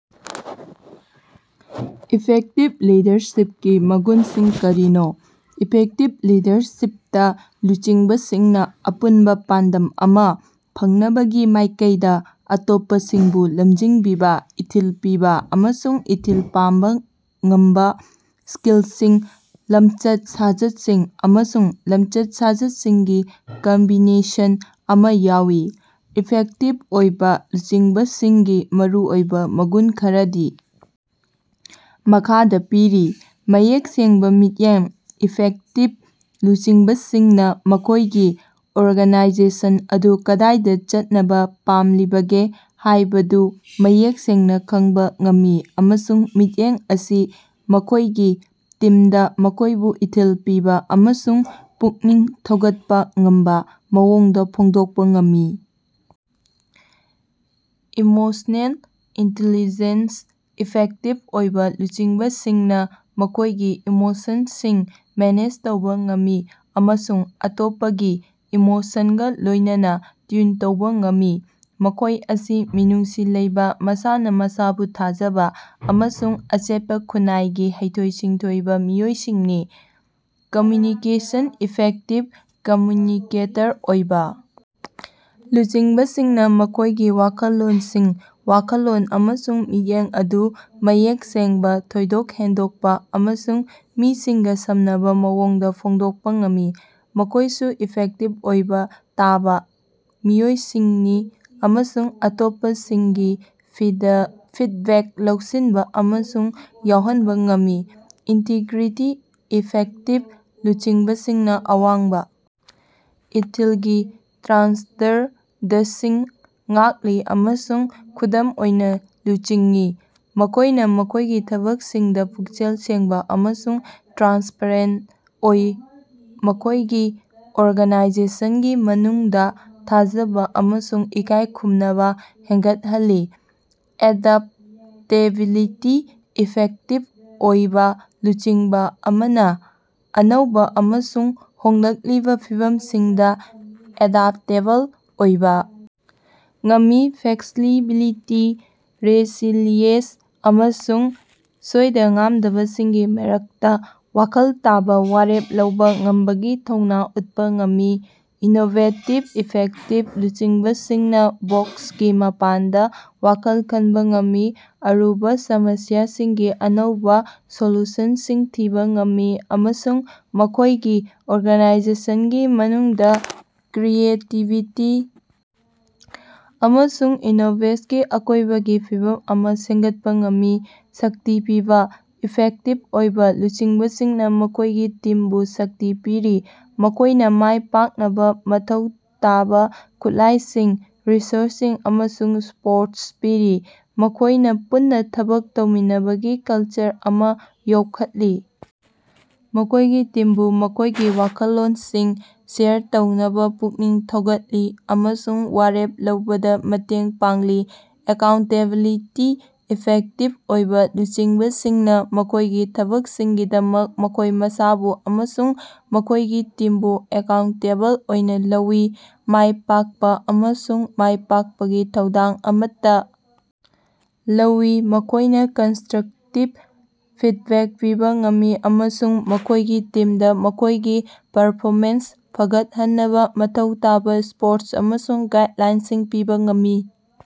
Effective ꯂꯤꯗꯔꯁꯤꯞꯀꯤ ꯃꯒꯨꯟꯁꯤꯡ ꯀꯔꯤꯅꯣ? ꯏꯐꯦꯛꯇꯤꯕ ꯂꯤꯗꯔꯁꯤꯞꯇꯥ ꯂꯨꯆꯤꯡꯕꯁꯤꯡꯅꯥ ꯑꯄꯨꯟꯕꯥ ꯄꯥꯟꯗꯝ ꯑꯃꯥ ꯐꯪꯅꯕꯒꯤ ꯃꯥꯏꯀꯩꯗꯥ ꯑꯇꯣꯞꯄꯁꯤꯡꯕꯨ ꯂꯝꯖꯤꯡꯕꯤꯕꯥ, ꯏꯊꯤꯜ ꯄꯤꯕꯥ ꯑꯃꯁꯨꯡ ꯏꯊꯤꯜ ꯄꯤꯕꯥ ꯉꯝꯕꯥ ꯁ꯭ꯀꯤꯜꯁꯤꯡ, ꯂꯝꯆꯠ-ꯁꯥꯖꯠꯁꯤꯡ ꯑꯃꯁꯨꯡ ꯂꯝꯆꯠ-ꯁꯥꯖꯠꯁꯤꯡꯒꯤ ꯀꯝꯕꯤꯅꯦꯁꯟ ꯑꯃꯥ ꯌꯥꯎꯏ꯫ ꯏꯐꯦꯛꯇꯤꯕ ꯑꯣꯏꯕꯥ ꯂꯨꯆꯤꯡꯕꯁꯤꯡꯒꯤ ꯃꯔꯨꯑꯣꯏꯕꯥ ꯃꯒꯨꯟ ꯈꯔꯗꯤ ꯃꯈꯥꯗꯥ ꯄꯤꯔꯤ: ꯃꯌꯦꯛ ꯁꯦꯡꯕꯥ ꯃꯤꯠꯌꯦꯡ: ꯏꯐꯦꯛꯇꯤꯕ ꯂꯨꯆꯤꯡꯕꯁꯤꯡꯅꯥ ꯃꯈꯣꯏꯒꯤ ꯑꯣꯔꯒꯅꯥꯏꯖꯦꯁꯟ ꯑꯗꯨ ꯀꯗꯥꯏꯗꯥ ꯆꯠꯅꯕꯥ ꯄꯥꯝꯂꯤꯕꯒꯦ ꯍꯥꯏꯕꯗꯨ ꯃꯌꯦꯛ ꯁꯦꯡꯅꯥ ꯈꯪꯕꯥ ꯉꯝꯃꯤ ꯑꯃꯁꯨꯡ ꯃꯤꯠꯌꯦꯡ ꯑꯁꯤ ꯃꯈꯣꯏꯒꯤ ꯇꯤꯝꯗꯥ ꯃꯈꯣꯏꯕꯨ ꯏꯊꯤꯜ ꯄꯤꯕꯥ ꯑꯃꯁꯨꯡ ꯄꯨꯛꯅꯤꯡ ꯊꯧꯒꯠꯄꯥ ꯉꯝꯕꯥ ꯃꯑꯣꯡꯗꯥ ꯐꯣꯡꯗꯣꯛꯄꯥ ꯉꯝꯃꯤ꯫ ꯏꯃꯣꯁꯅꯦꯜ ꯏꯟꯇꯦꯂꯤꯖꯦꯟꯁ: ꯏꯐꯦꯛꯇꯤꯕ ꯑꯣꯏꯕꯥ ꯂꯨꯆꯤꯡꯕꯁꯤꯡꯅꯥ ꯃꯈꯣꯏꯒꯤ ꯏꯃꯣꯁꯟꯁꯤꯡ ꯃꯦꯅꯦꯖ ꯇꯧꯕꯥ ꯉꯝꯃꯤ ꯑꯃꯁꯨꯡ ꯑꯇꯣꯞꯄꯒꯤ ꯏꯃꯣꯁꯟꯒꯥ ꯂꯣꯏꯅꯅꯥ ꯇ꯭ꯌꯨꯟ ꯇꯧꯕꯥ ꯉꯝꯃꯤ꯫ ꯃꯈꯣꯏ ꯑꯁꯤ ꯃꯤꯅꯨꯡꯁꯤ ꯂꯩꯕꯥ, ꯃꯁꯥꯅꯥ ꯃꯁꯥꯕꯨ ꯊꯥꯖꯕꯥ ꯑꯃꯁꯨꯡ ꯑꯆꯦꯠꯄꯥ ꯈꯨꯟꯅꯥꯏꯒꯤ ꯍꯩꯊꯣꯏ-ꯁꯤꯡꯊꯣꯏꯕꯥ ꯃꯤꯑꯣꯏꯁꯤꯡꯅꯤ꯫ ꯀꯝꯃꯌꯨꯅꯤꯀꯦꯁꯟ: ꯏꯐꯦꯛꯇꯤꯕ ꯀꯝꯃꯌꯨꯅꯤꯀꯦꯇꯔ ꯑꯣꯏꯕꯥ ꯂꯨꯆꯤꯡꯕꯁꯤꯡꯅꯥ ꯃꯈꯣꯏꯒꯤ ꯋꯥꯈꯜꯂꯣꯟꯁꯤꯡ, ꯋꯥꯈꯜꯂꯣꯟ ꯑꯃꯁꯨꯡ ꯃꯤꯠꯌꯦꯡ ꯑꯗꯨ ꯃꯌꯦꯛ ꯁꯦꯡꯕꯥ, ꯊꯣꯏꯗꯣꯛ ꯍꯦꯟꯗꯣꯛꯄꯥ ꯑꯃꯁꯨꯡ ꯃꯤꯁꯤꯡꯒꯥ ꯁꯝꯅꯕꯥ ꯃꯑꯣꯡꯗꯥ ꯐꯣꯡꯗꯣꯛꯄꯥ ꯉꯝꯃꯤ꯫ ꯃꯈꯣꯏꯁꯨ ꯏꯐꯦꯛꯇꯤꯕ ꯑꯣꯏꯕꯥ ꯇꯥꯕꯥ ꯃꯤꯑꯣꯏꯁꯤꯡꯅꯤ ꯑꯃꯁꯨꯡ ꯑꯇꯣꯞꯄꯁꯤꯡꯒꯤ ꯐꯤꯗꯕꯦꯛ ꯂꯧꯁꯤꯟꯕꯥ ꯑꯃꯁꯨꯡ ꯌꯥꯎꯍꯟꯕꯥ ꯉꯝꯃꯤ꯫ ꯏꯟꯇꯔꯤꯒ꯭ꯔꯤꯇꯤ: ꯏꯐꯦꯛꯇꯤꯕ ꯂꯨꯆꯤꯡꯕꯁꯤꯡꯅꯥ ꯑꯋꯥꯡꯕꯥ ꯏꯊꯤꯜꯒꯤ ꯁ꯭ꯇꯦꯟꯗꯔꯗꯁꯤꯡ ꯉꯥꯛꯂꯤ ꯑꯃꯁꯨꯡ ꯈꯨꯗꯝ ꯑꯣꯏꯅꯥ ꯂꯨꯆꯤꯡꯏ꯫ ꯃꯈꯣꯏꯅꯥ ꯃꯈꯣꯏꯒꯤ ꯊꯕꯛꯁꯤꯡꯗꯥ ꯄꯨꯛꯆꯦꯜ ꯁꯦꯡꯕꯥ ꯑꯃꯁꯨꯡ ꯇ꯭ꯔꯥꯟꯁꯄꯔꯦꯟꯇ ꯑꯣꯏ, ꯃꯈꯣꯏꯒꯤ ꯑꯣꯔꯒꯅꯥꯏꯖꯦꯁꯟꯒꯤ ꯃꯅꯨꯡꯗꯥ ꯊꯥꯖꯕꯥ ꯑꯃꯁꯨꯡ ꯏꯀꯥꯏꯈꯨꯝꯅꯕꯥ ꯍꯦꯟꯒꯠꯍꯜꯂꯤ꯫ ꯑꯦꯗꯞꯇꯦꯕꯤꯂꯤꯇꯤ: ꯏꯐꯦꯛꯇꯤꯕ ꯑꯣꯏꯕꯥ ꯂꯨꯆꯤꯡꯕꯥ ꯑꯃꯅꯥ ꯑꯅꯧꯕꯥ ꯑꯃꯁꯨꯡ ꯍꯣꯡꯂꯛꯂꯤꯕꯥ ꯐꯤꯚꯝꯁꯤꯡꯗꯥ ꯑꯦꯗꯞꯇꯦꯕꯜ ꯑꯣꯏꯕꯥ ꯉꯝꯃꯤ, ꯐ꯭ꯂꯦꯛꯁꯤꯕꯤꯂꯤꯇꯤ, ꯔꯦꯁꯤꯂꯤꯌꯦꯟꯁ ꯑꯃꯁꯨꯡ ꯁꯣꯏꯗ-ꯉꯥꯝꯗꯕꯁꯤꯡꯒꯤ ꯃꯔꯛꯇꯥ ꯋꯥꯈꯜ ꯇꯥꯕꯥ ꯋꯥꯔꯦꯞ ꯂꯧꯕꯥ ꯉꯝꯕꯒꯤ ꯊꯧꯅꯥ ꯎꯠꯄꯥ ꯉꯝꯃꯤ꯫ ꯏꯅꯣꯕꯦꯇꯤꯕ: ꯏꯐꯦꯛꯇꯤꯕ ꯂꯨꯆꯤꯡꯕꯁꯤꯡꯅꯥ ꯕꯣꯛꯁꯀꯤ ꯃꯄꯥꯟꯗꯥ ꯋꯥꯈꯜ ꯈꯟꯕꯥ ꯉꯝꯃꯤ, ꯑꯔꯨꯕꯥ ꯁꯃꯁ꯭ꯌꯥꯁꯤꯡꯒꯤ ꯑꯅꯧꯕꯥ ꯁꯣꯂꯨꯁꯟꯁꯤꯡ ꯊꯤꯕꯥ ꯉꯝꯃꯤ ꯑꯃꯁꯨꯡ ꯃꯈꯣꯏꯒꯤ ꯑꯣꯔꯒꯅꯥꯏꯖꯦꯁꯟꯒꯤ ꯃꯅꯨꯡꯗꯥ ꯀ꯭ꯔꯤꯌꯦꯇꯤꯕꯤꯇꯤ ꯑꯃꯁꯨꯡ ꯏꯅꯣꯕꯦꯁꯀꯤ ꯑꯀꯣꯏꯕꯒꯤ ꯐꯤꯕꯝ ꯑꯃꯥ ꯁꯦꯝꯒꯠꯄꯥ ꯉꯝꯃꯤ꯫ ꯁꯛꯇꯤ ꯄꯤꯕꯥ: ꯏꯐꯦꯛꯇꯤꯕ ꯑꯣꯏꯕꯥ ꯂꯨꯆꯤꯡꯕꯁꯤꯡꯅꯥ ꯃꯈꯣꯏꯒꯤ ꯇꯤꯝꯕꯨ ꯁꯛꯇꯤ ꯄꯤꯔꯤ, ꯃꯈꯣꯏꯅꯥ ꯃꯥꯏ ꯄꯥꯛꯅꯕꯥ ꯃꯊꯧ ꯇꯥꯕꯥ ꯈꯨꯠꯂꯥꯏꯁꯤꯡ, ꯔꯤꯁꯣꯔꯁꯁꯤꯡ ꯑꯃꯁꯨꯡ ꯁꯄꯣꯔꯠ ꯄꯤꯔꯤ꯫ ꯃꯈꯣꯏꯅꯥ ꯄꯨꯟꯅꯥ ꯊꯕꯛ ꯇꯧꯃꯤꯟꯅꯕꯒꯤ ꯀꯜꯆꯔ ꯑꯃꯥ ꯌꯣꯛꯈꯠꯂꯤ, ꯃꯈꯣꯏꯒꯤ ꯇꯤꯝꯕꯨ ꯃꯈꯣꯏꯒꯤ ꯋꯥꯈꯜꯂꯣꯟꯁꯤꯡ ꯁꯦꯌꯔ ꯇꯧꯅꯕꯥ ꯄꯨꯛꯅꯤꯡ ꯊꯧꯒꯠꯂꯤ ꯑꯃꯁꯨꯡ ꯋꯥꯔꯦꯞ ꯂꯧꯕꯗꯥ ꯃꯇꯦꯡ ꯄꯥꯡꯂꯤ꯫ ꯑꯦꯀꯥꯎꯟꯇꯦꯕꯤꯂꯤꯇꯤ: ꯏꯐꯦꯛꯇꯤꯕ ꯑꯣꯏꯕꯥ ꯂꯨꯆꯤꯡꯕꯁꯤꯡꯅꯥ ꯃꯈꯣꯏꯒꯤ ꯊꯕꯛꯁꯤꯡꯒꯤꯗꯃꯛ ꯃꯈꯣꯏ ꯃꯁꯥꯕꯨ ꯑꯃꯁꯨꯡ ꯃꯈꯣꯏꯒꯤ ꯇꯤꯝꯕꯨ ꯑꯦꯀꯥꯎꯟꯇꯦꯕꯜ ꯑꯣꯏꯅꯥ ꯂꯧꯏ, ꯃꯥꯏ ꯄꯥꯛꯄꯥ ꯑꯃꯁꯨꯡ ꯃꯥꯏꯄꯥꯛꯄꯒꯤ ꯊꯧꯗꯥꯡ ꯑꯃꯠꯇꯥ ꯂꯧꯏ꯫ ꯃꯈꯣꯏꯅꯥ ꯀꯟꯁꯇꯔꯛꯇꯤꯕ ꯐꯤꯗꯕꯦꯛ ꯄꯤꯕꯥ ꯉꯝꯃꯤ ꯑꯃꯁꯨꯡ ꯃꯈꯣꯏꯒꯤ ꯇꯤꯝꯗꯥ ꯃꯈꯣꯏꯒꯤ ꯄꯔꯐꯣꯃꯦꯟꯁ ꯐꯒꯠꯍꯟꯅꯕꯥ ꯃꯊꯧ ꯇꯥꯕꯥ ꯁꯄꯣꯔꯠ ꯑꯃꯁꯨꯡ ꯒꯥꯏꯗꯂꯥꯏꯟꯁꯤꯡ ꯄꯤꯕꯥ ꯉꯝꯃꯤ꯫